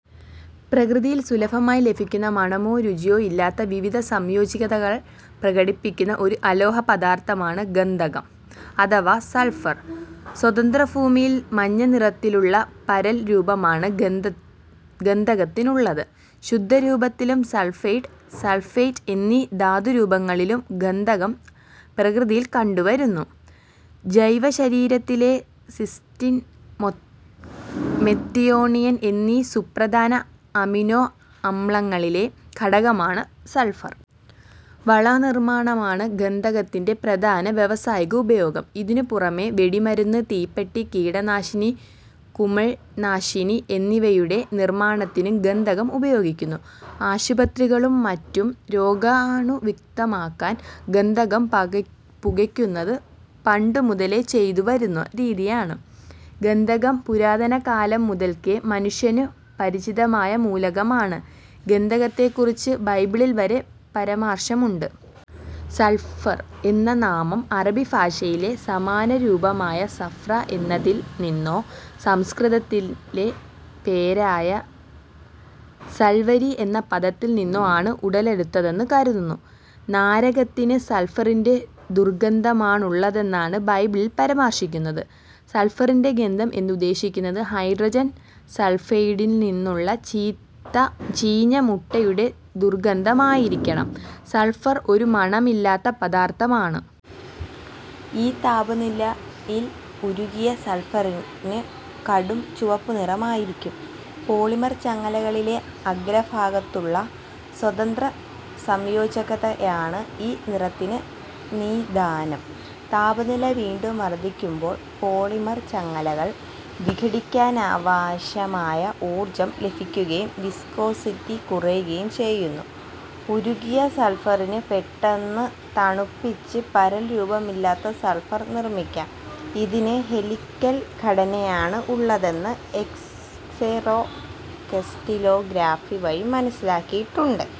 പ്രകൃതിയിൽ സുലഭമായി ലഭിക്കുന്നതും മണമോ രുചിയോ ഇല്ലാത്ത വിവിധ സംയോജികതകൾ പ്രകടിപ്പിക്കുന്ന ഒരു അലോഹ പദാർത്ഥമാണ് ഗന്ധകം അഥവാ സൾഫർ. സ്വതന്ത്രരൂപത്തിൽ മഞ്ഞ നിറത്തിലുള്ള പരൽരൂപമാണ് ഗന്ധകത്തിനുള്ളത്. ശുദ്ധരൂപത്തിലും, സൾഫൈഡ്, സൾഫേറ്റ് എന്നീ ധാതുരൂപങ്ങളിലും ഗന്ധകം പ്രകൃതിയിൽ കണ്ടുവരുന്നു. ജൈവശരീരത്തിലെ സിസ്റ്റീൻ, മെത്തിയോണിൻ എന്നീ സുപ്രധാന അമിനോ അമ്ലങ്ങളിലെ ഘടകമാണ് സൾഫർ. വളം നിർമ്മാണമാണ് ഗന്ധകത്തിന്റെ പ്രധാന വ്യാവസായിക ഉപയോഗം. ഇതിനു പുറമേ വെടിമരുന്ന്, തീപ്പെട്ടി, കീടനാശിനി, കുമിൾനാശിനി എന്നിവയുടെ നിർമ്മാണത്തിനും ഗന്ധകം ഉപയോഗിക്കുന്നു. ആശുപത്രികളും മറ്റും രോഗാണുവിമുക്തമാക്കാൻ ഗന്ധകം പക പുകക്കുന്നത് പണ്ടു മുതലേ ചെയ്തു വരുന്ന രീതിയാണ്. ഗന്ധകം പുരാതനകാലം മുതൽക്കേ മനുഷ്യനു പരിചിതമായ മൂലകമാണ്. ഗന്ധകത്തെക്കുറിച്ച് ബൈബിളിൽ വരെ പരാമർശമുണ്ട്. സൾഫർ എന്ന നാമം അറബി ഭാഷയിലെ സമാനരൂപമായ സഫ്ര എന്നതിൽ നിന്നോ സംസ്കൃതത്തിലെ പേരായ സൾവരി എന്ന പദത്തിൽ നിന്നോ ആണ് ഉടലെടുത്തതെന്നു കരുതുന്നു. നരകത്തിന് സൾഫറിന്റെ ദുർഗന്ധമാണുള്ളതെന്നാണ് ബൈബിളിൽ പരാമർശിക്കുന്നത്. സൾഫറിന്റെ ഗന്ധം എന്നുദ്ദേശിക്കുന്നത് ഹൈഡ്രജൻ സൾഫൈഡിനുള്ള ചീത്ത ചീഞ്ഞ മുട്ടയുടെ ദുർഗന്ധമായിരിക്കണം, സൾഫർ ഒരു മണമില്ലാത്ത പദാർത്ഥമാണ്. ഈ താപനിലയിൽ ഉരുകിയ സൾഫറിന് കടും ചുവപ്പുനിറമായിരിക്കും. പോളിമർ ചങ്ങലകളിലെ അഗ്രഭാഗത്തുള്ള സ്വതന്ത്ര സംയോജകതയാണ് ഈ നിറത്തിന് നിദാനം. താപനില വീണ്ടും വർദ്ധിക്കുമ്പോൾ പോളിമർ ചങ്ങലകൾ വിഘടിക്കാനാവശ്യമായ ഊർജ്ജം ലഭിക്കുകയും വിസ്കോസിറ്റി കുറയുകയും ചെയ്യുന്നു. ഉരുകിയ സൾഫറിനെ പെട്ടെന്ന് തണുപ്പിച്ച് പരൽരൂപമില്ലാത്ത സൾഫർ നിർമ്മിക്കാം. ഇതിന് ഹെലിക്കൽ ഘടനയാണ് ഉള്ളതെന്ന് എക്സ്-റേ ക്രിസ്റ്റലോഗ്രഫി വഴി മനസ്സിലാക്കിയിട്ടുണ്ട്.